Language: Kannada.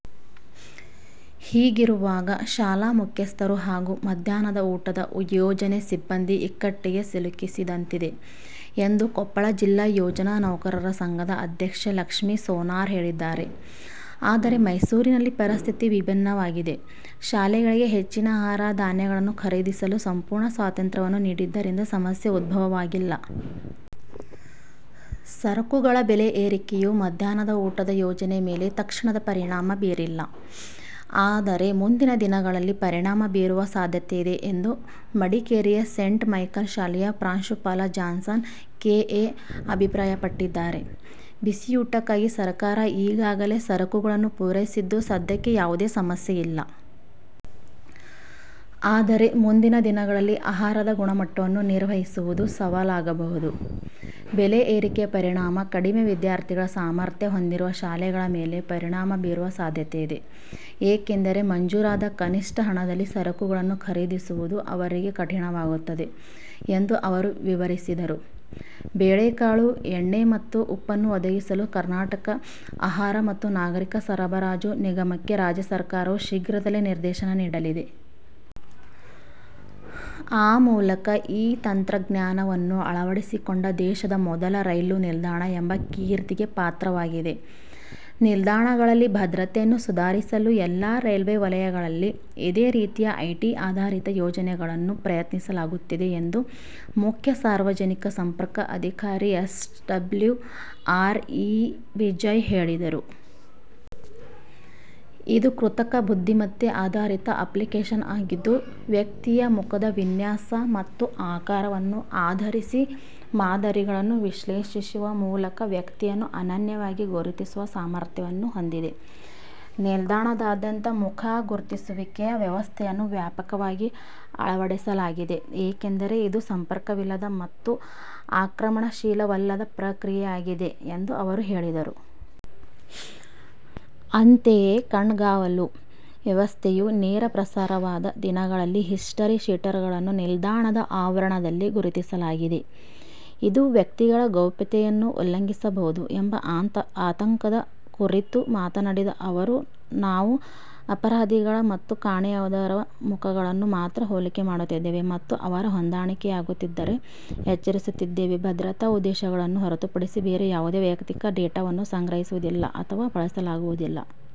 ಹೀಗಿರುವಾಗ, ಶಾಲಾ ಮುಖ್ಯಸ್ಥರು ಹಾಗೂ ಮಧ್ಯಾಹ್ನದ ಊಟದ ಯೋಜನೆ ಸಿಬ್ಬಂದಿ ಇಕ್ಕಟ್ಟಿಗೆ ಸಿಲುಕಿಸಿದಂತಿದೆ ಎಂದು ಕೊಪ್ಪಳ ಜಿಲ್ಲಾ ಯೋಜನಾ ನೌಕರರ ಸಂಘದ ಅಧ್ಯಕ್ಷೆ ಲಕ್ಷ್ಮೀ ಸೋನಾರ್ ಹೇಳಿದ್ದಾರೆ. ಆದರೆ ಮೈಸೂರಿನಲ್ಲಿ ಪರಿಸ್ಥಿತಿ ವಿಭಿನ್ನವಾಗಿದೆ. ಶಾಲೆಗಳಿಗೆ ಹೆಚ್ಚಿನ ಆಹಾರ ಧಾನ್ಯಗಳನ್ನು ಖರೀದಿಸಲು ಸಂಪೂರ್ಣ ಸ್ವಾತಂತ್ರ್ಯವನ್ನು ನೀಡಿದ್ದರಿಂದ ಸಮಸ್ಯೆ ಉದ್ಭವವಾಗಿಲ್ಲ. ಸರಕುಗಳ ಬೆಲೆ ಏರಿಕೆಯು ಮಧ್ಯಾಹ್ನದ ಊಟದ ಯೋಜನೆ ಮೇಲೆ ತಕ್ಷಣದ ಪರಿಣಾಮ ಬೀರಿಲ್ಲ, ಆದರೆ ಮುಂದಿನ ದಿನಗಳಲ್ಲಿ ಪರಿಣಾಮ ಬೀರುವ ಸಾಧ್ಯತೆಯಿದೆ ಎಂದು ಮಡಿಕೇರಿಯ ಸೇಂಟ್ ಮೈಕಲ್ ಶಾಲೆಯ ಪ್ರಾಂಶುಪಾಲ ಜಾನ್ಸನ್ ಕೆ. ಎ ಅಭಿಪ್ರಾಯಪಟ್ಟಿದ್ದಾರೆ. ಬಿಸಿಯೂಟಕ್ಕಾಗಿ ಸರ್ಕಾರ ಈಗಾಗಲೇ ಸರಕುಗಳನ್ನು ಪೂರೈಸಿದ್ದು, ಸದ್ಯಕ್ಕೆ ಯಾವುದೇ ಸಮಸ್ಯೆ ಇಲ್ಲ. ಆದರೆ ಮುಂದಿನ ದಿನಗಳಲ್ಲಿ ಆಹಾರದ ಗುಣಮಟ್ಟವನ್ನು ನಿರ್ವಹಿಸುವುದು ಸವಾಲಾಗಬಹುದು. ಬೆಲೆ ಏರಿಕೆಯ ಪರಿಣಾಮ ಕಡಿಮೆ ವಿದ್ಯಾರ್ಥಿಗಳ ಸಾಮರ್ಥ್ಯ ಹೊಂದಿರುವ ಶಾಲೆಗಳ ಮೇಲೆ ಪರಿಣಾಮ ಬೀರುವ ಸಾಧ್ಯತೆಯಿದೆ. ಏಕೆಂದರೆ ಮಂಜೂರಾದ ಕನಿಷ್ಠ ಹಣದಲ್ಲಿ ಸರಕುಗಳನ್ನು ಖರೀದಿಸುವುದು ಅವರಿಗೆ ಕಠಿಣವಾಗಿರುತ್ತದೆ ಎಂದು ಅವರು ವಿವರಿಸಿದರು. ಬೇಳೆಕಾಳು, ಎಣ್ಣೆ ಮತ್ತು ಉಪ್ಪನ್ನು ಒದಗಿಸಲು ಕರ್ನಾಟಕ ಆಹಾರ ಮತ್ತು ನಾಗರಿಕ ಸರಬರಾಜು ನಿಗಮಕ್ಕೆ ರಾಜ್ಯ ಸರ್ಕಾರವು ಶೀಘ್ರದಲ್ಲೇ ನಿರ್ದೇಶನ ನೀಡಲಿದೆ. ಆ ಮೂಲಕ ಈ ತಂತ್ರಜ್ಞಾನವನ್ನು ಅಳವಡಿಸಿಕೊಂಡ ದೇಶದ ಮೊದಲ ರೈಲು ನಿಲ್ದಾಣ ಎಂಬ ಕೀರ್ತಿಗೆ ಪಾತ್ರವಾಗಿದೆ. ನಿಲ್ದಾಣಗಳಲ್ಲಿ ಭದ್ರತೆಯನ್ನು ಸುಧಾರಿಸಲು ಎಲ್ಲಾ ರೈಲ್ವೆ ವಲಯಗಳಲ್ಲಿ ಇದೇ ರೀತಿಯ ಐಟಿ ಆಧಾರಿತ ಯೋಜನೆಗಳನ್ನು ಪ್ರಯತ್ನಿಸಲಾಗುತ್ತಿದೆ ಎಂದು ಮುಖ್ಯ ಸಾರ್ವಜನಿಕ ಸಂಪರ್ಕ ಅಧಿಕಾರಿ, ಎಸ್ಡಬ್ಲ್ಯುಆರ್, ಇ ವಿಜಯ ಹೇಳಿದರು. 'ಇದು ಕೃತಕ ಬುದ್ಧಿಮತ್ತೆ ಆಧಾರಿತ ಅಪ್ಲಿಕೇಶನ್ ಆಗಿದ್ದು, ವ್ಯಕ್ತಿಯ ಮುಖದ ವಿನ್ಯಾಸ ಮತ್ತು ಆಕಾರವನ್ನು ಆಧರಿಸಿ ಮಾದರಿಗಳನ್ನು ವಿಶ್ಲೇಷಿಸುವ ಮೂಲಕ ವ್ಯಕ್ತಿಯನ್ನು ಅನನ್ಯವಾಗಿ ಗುರುತಿಸುವ ಸಾಮರ್ಥ್ಯವನ್ನು ಹೊಂದಿದೆ. ನಿಲ್ದಾಣದಾದ್ಯಂತ ಮುಖ ಗುರುತಿಸುವಿಕೆ ವ್ಯವಸ್ಥೆಯನ್ನು ವ್ಯಾಪಕವಾಗಿ ಅಳವಡಿಸಲಾಗಿದೆ. ಏಕೆಂದರೆ ಇದು ಸಂಪರ್ಕವಿಲ್ಲದ ಮತ್ತು ಆಕ್ರಮಣಶೀಲವಲ್ಲದ ಪ್ರಕ್ರಿಯೆಯಾಗಿದೆ ಎಂದು ಅವರು ಹೇಳಿದರು. ಅಂತೆಯೇ ಕಣ್ಗಾವಲು ವ್ಯವಸ್ಥೆಯು ನೇರ ಪ್ರಸಾರವಾದ ದಿನಗಳಲ್ಲಿ, ಹಿಸ್ಚರಿ-ಶೀಟರ್ಗಳನ್ನು ನಿಲ್ದಾಣದ ಆವರಣದಲ್ಲಿ ಗುರುತಿಸಲಾಗಿದೆ. ಇದು ವ್ಯಕ್ತಿಗಳ ಗೌಪ್ಯತೆಯನ್ನು ಉಲ್ಲಂಘಿಸಬಹುದು ಎಂಬ ಆತಂಕದ ಕುರಿತು ಮಾತನಾಡಿದ ಅವರು, 'ನಾವು ಅಪರಾಧಿಗಳ ಮತ್ತು ಕಾಣೆಯಾದವರ ಮುಖಗಳನ್ನು ಮಾತ್ರ ಹೋಲಿಕೆ ಮಾಡುತ್ತಿದ್ದೇವೆ ಮತ್ತು ಅವರ ಹೊಂದಾಣಿಕೆಯಾಗುತ್ತಿದ್ದರೆ ಎಚ್ಚರಿಸುತ್ತಿದ್ದೇವೆ. ಭದ್ರತಾ ಉದ್ದೇಶಗಳನ್ನು ಹೊರತುಪಡಿಸಿ ಬೇರೆ ಯಾವುದೇ ವೈಯಕ್ತಿಕ ಡೇಟಾವನ್ನು ಸಂಗ್ರಹಿಸುವುದಿಲ್ಲ ಅಥವಾ ಬಳಸಲಾಗುವುದಿಲ್ಲ.